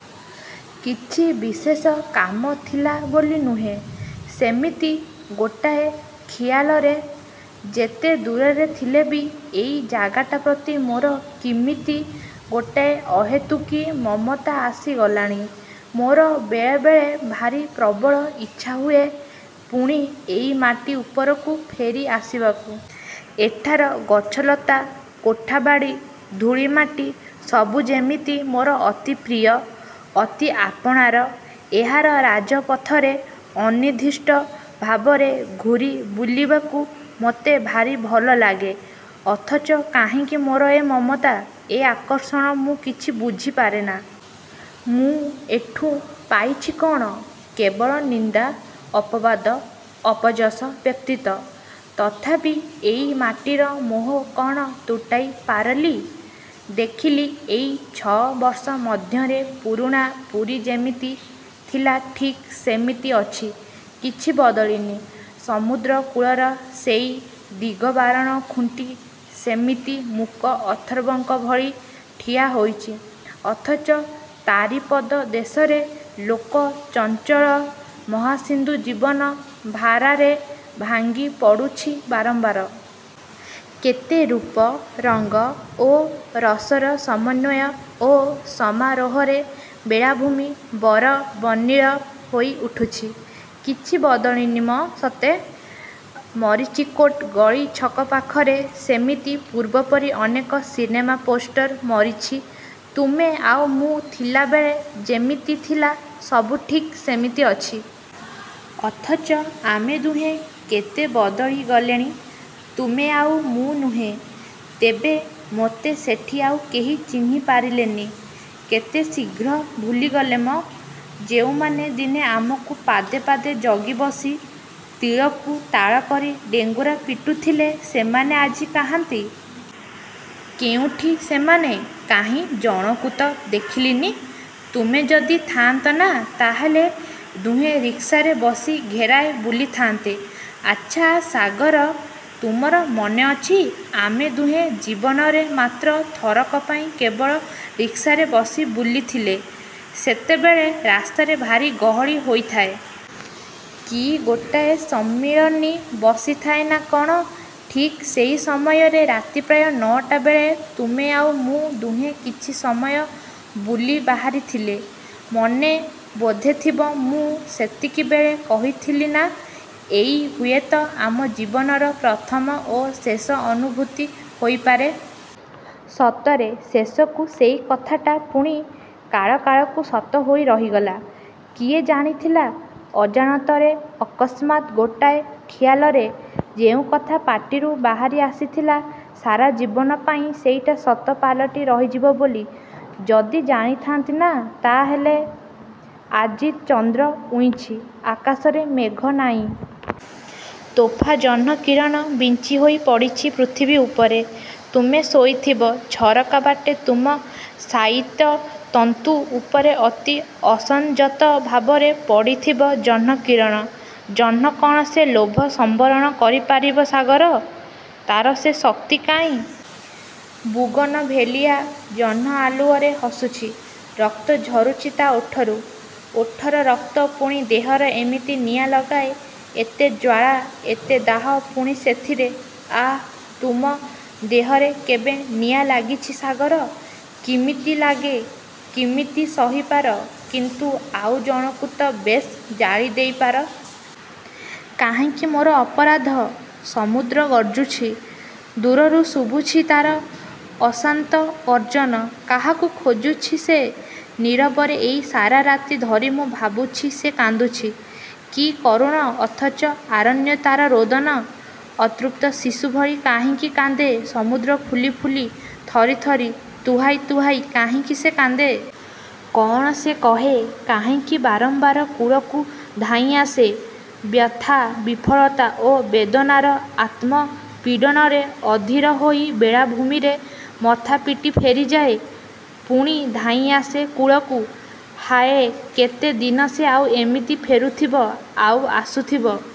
କିଛି ବିଶେଷ କାମ ଥିଲା ବୋଲି ନୁହେଁ। ସେମିତି; ଗୋଟାଏ ଖିଆଲରେ। ଯେତେ ଦୂରରେ ଥିଲେ ବି ଏଇ ଜାଗାଟା ପ୍ରତି ମୋର କିମିତି ଗୋଟାଏ ଅହେତୁକୀ ମମତା ଆସି ଗଲାଣି। ମୋର ବେଳେବେଳେ ଭାରି ପ୍ରବଳ ଇଚ୍ଛା ହୁଏ ପୁଣି ଏଇ ମାଟି ଉପରକୁ ଫେରି ଆସିବାକୁ। ଏଠାର ଗଛ ଲତା, କୋଠା ବାଡ଼ି, ଧୂଳି ମାଟି ସବୁ ଯେମିତି ମୋର ଅତି ପ୍ରିୟ, ଅତି ଆପଣାର। ଏହାର ରାଜ ପଥରେ ଅନିର୍ଦ୍ଦିଷ୍ଟ ଭାବରେ ଘୂରି ବୁଲିବାକୁ ମୋତେ ଭାରି ଭଲ ଲାଗେ-। ଅଥଚ କାହିଁକି ମୋର ଏ ମମତା, ଏ ଆକର୍ଷଣ ମୁଁ କିଛି ବୁଝିପାରେନା। ମୁଁ ଏଠୁଁ ପାଇଛି କ'ଣ-? କେବଳ ନିନ୍ଦା, ଅପବାଦ, ଅପଯଶ ବ୍ୟତୀତ। ତଥାପି ଏଇ ମାଟିର ମୋହ କ'ଣ ତୁଟାଇ ପାରଲି? ଦେଖିଲି ଏଇ ଛଅ ବର୍ଷ ମଧ୍ୟରେ ପୁରୁଣା ପୁରୀ ଯେମିତି ଥିଲା ଠିକ୍ ସେମିତି ଅଛି। କିଛି ବଦଳିନି। ସମୁଦ୍ର କୂଳର ସେଇ ଦିଗବାରଣ ଖୁଣ୍ଟି ସେମିତି ମୂକ ଅଥର୍ବଙ୍କ ଭଳି ଠିଆହୋଇଛି; ଅଥଚ ତାରି ପଦ ଦେଶରେ ଲୋକ ଚଞ୍ଚଳ ମହାସିନ୍ଧୁ ଜୀବନ ଭାରାରେ ଭାଙ୍ଗି ପଡ଼ୁଛି ବାରମ୍ବାର। କେତେ ରୂପ, ରଙ୍ଗ ଓ ରସର ସମନ୍ୱୟ ଓ ସମାରୋହରେ ବେଳାଭୂମି ବରବର୍ଣ୍ଣିଳ ହୋଇ ଉଠୁଛି-। କିଛି ବଦଳିନି ମ ସତେ! ମରିଚୀକୋଟ୍ ଗଳି ଛକ ପାଖରେ ସେମିତି ପୂର୍ବ ପରି ଅନେକ ସିନେମା-ପୋଷ୍ଟର ମରିଛି-ତୁମେ ଆଉ ମୁଁ ଥିଲାବେଳେ ଯେମିତି ଥିଲା; ସବୁ ଠିକ୍ ସେମିତି ଅଛି-। ଅଥଚ ଆମେ ଦୁହେଁ କେତେ ବଦଳି ଗଲେଣି-ତୁମେ ଆଉ ମୁଁ-ନୁହେଁ? ତେବେ ମୋତେ ସେଠି ଆଉ କେହି ଚିହ୍ନି ପାରିଲେନି। କେତେ ଶୀଘ୍ର ଭୁଲିଗଲେ ମ? ଯେଉଁମାନେ ଦିନେ ଆମକୁ ପାଦେ ପାଦେ ଜଗିବସି; ତିଳକୁ ତାଳ କରି ଡେଙ୍ଗୁରା ପିଟୁଥିଲେ; ସେମାନେ ଆଜି କାହାନ୍ତି? କେଉଁଠି ସେମାନେ? କାହିଁ ଜଣକୁ ତ ଦେଖିଲିନି। ତୁମେ ଯଦି ଥା'ନ୍ତ ନା ତା'ହେଲେ ଦୁହେଁ ରିକ୍ସାରେ ବସି ଘେରାଏ ବୁଲିଥାନ୍ତେ। ଆଚ୍ଛା; ସାଗର! ତୁମର ମନେଅଛି? ଆମେ ଦୁହେଁ ଜୀବନରେ ମାତ୍ର ଥରକ ପାଇଁ କେବଳ ରିକ୍ସାରେ ବସି ବୁଲିଥିଲେ। ସେତେବେଳେ ରାସ୍ତାରେ ଭାରି ଗହଳି ହୋଇଥାଏ। କି ଗୋଟାଏ ସମ୍ମିଳନୀ ବସିଥାଏ ନା କ'ଣ? ଠିକ୍ ସେଇ ସମୟରେ ରାତି ପ୍ରାୟ ନ'ଟା ବେଳେ ତୁମେ ଆଉ ମୁଁ ଦୁହେଁ କିଛି ସମୟ ବୁଲି ବାହାରି ଥିଲେ। ମନେ ବୋଧେଥିବ-ମୁଁ ସେତିକି ବେଳେ କହିଥିଲି ନା, ''ଏଇ ହୁଏତ ଆମ ଜୀବନର ପ୍ରଥମ ଓ ଶେଷ ଅନୁଭୂତି ହୋଇପାରେ। ସତରେ-ଶେଷକୁ ସେଇ କଥାଟା ପୁଣି କାଳ କାଳକୁ ସତ ହୋଇ ରହିଗଲା। କିଏ ଜାଣିଥିଲା? ଅଜାଣତରେ, ଅକସ୍ମାତ୍ ଗୋଟାଏ ଖିଆଲରେ, ଯେଉଁ କଥା ପାଟିରୁ ବାହାରି ଆସିଥିଲା ସାରା ଜୀବନ ପାଇଁ ସେଇଟା ସତ ପାଲଟି ରହିଯିବ ବୋଲି? ଯଦି ଜାଣିଥାନ୍ତି ନା-ତା'ହେଲେ! ଆଜି ଚନ୍ଦ୍ର ଉଇଁଛି; ଆକାଶରେ ମେଘ ନାଇଁ। ତୋଫା ଜହ୍ନ କିରଣ ବିଞ୍ଚି ହୋଇ ପଡ଼ିଛି ପୃଥିବୀ ଉପରେ। ତୁମେ ଶୋଇଥିବ। ଝରକା ବାଟେ ତୁମ ଶାୟିତ-ତନ୍ତୁ ଉପରେ ଅତି ଅସଂଯତ ଭାବରେ ପଡ଼ିଥିବ ଜହ୍ନ କିରଣ। ଜହ୍ନ କ'ଣ ସେ ଲୋଭ ସମ୍ବରଣ କରି ପାରିବ ସାଗର? ତା'ର ସେ ଶକ୍ତି କାଇଁ? ବୁଗନଭେଲିଆ ଜହ୍ନ ଆଲୁଅରେ ହସୁଛି। ରକ୍ତ ଝରୁଛି ତା'ର ଓଠରୁ। ଓଠର ରକ୍ତ, ପୁଣି ଦେହରେ ଏମିତି ନିଆଁ ଲଗାଏ? ଏତେ ଜ୍ଜ୍ୱାଳା, ଏତେ ଦାହ ପୁଣି ସେଥିରେ? ଆଃ-ତୁମ ଦେହରେ କେବେ ନିଆଁ ଲାଗିଛି ସାଗର। କିମିତି ଲାଗେ; କିମିତି ସହିପାର? କିନ୍ତୁ ଆଉ ଜଣକୁ ତ ବେଶ୍ ଜାଳିଦେଇ ପାର। କାହିଁକି ମୋର ଅପରାଧ? ସମୁଦ୍ର ଗର୍ଜୁଛି। ଦୂରରୁ ଶୁଭୁଛି ତା'ର ଅଶାନ୍ତ ଗର୍ଜନ। କାହାକୁ ଖୋଜୁଛି ସେ? ନୀରବରେ ଏଇ ସାରା ରାତି ଧରି ମୁଁ ଭାବୁଛି ସେ କାନ୍ଦୁଛି। କି କରୁଣ ଅଥଚ ଆରଣ୍ୟ ତା'ର ରୋଦନ। ଅତୃପ୍ତ ଶିଶୁ ଭଳି କାହିଁକି କାନ୍ଦେ ସମୁଦ୍ର-ଫୁଲି ଫୁଲି, ଥରି ଥରି, ତୁହାଇ ତୁହାଇ କାହିଁକି ସେ କାନ୍ଦେ? କ'ଣ ସେ କହେ? କାହିଁକି ବାରମ୍ବାର କୂଳକୁ ଧାଇଁ ଆସେ? ବ୍ୟଥା, ବିଫଳତା ଓ ବେଦନାର ଆତ୍ମ ପୀଡ଼ନରେ ଅଧୀର ହୋଇ ବେଳାଭୂମିରେ ମଥା ପିଟି ଫେରିଯାଏ; ପୁଣି ଧାଇଁ ଆସେ କୂଳକୁ। ହାୟ କେତେ ଦିନ ସେ ଆଉ ଏମିତି ଫେରୁଥିବ; ଆଉ ଆସୁଥିବ।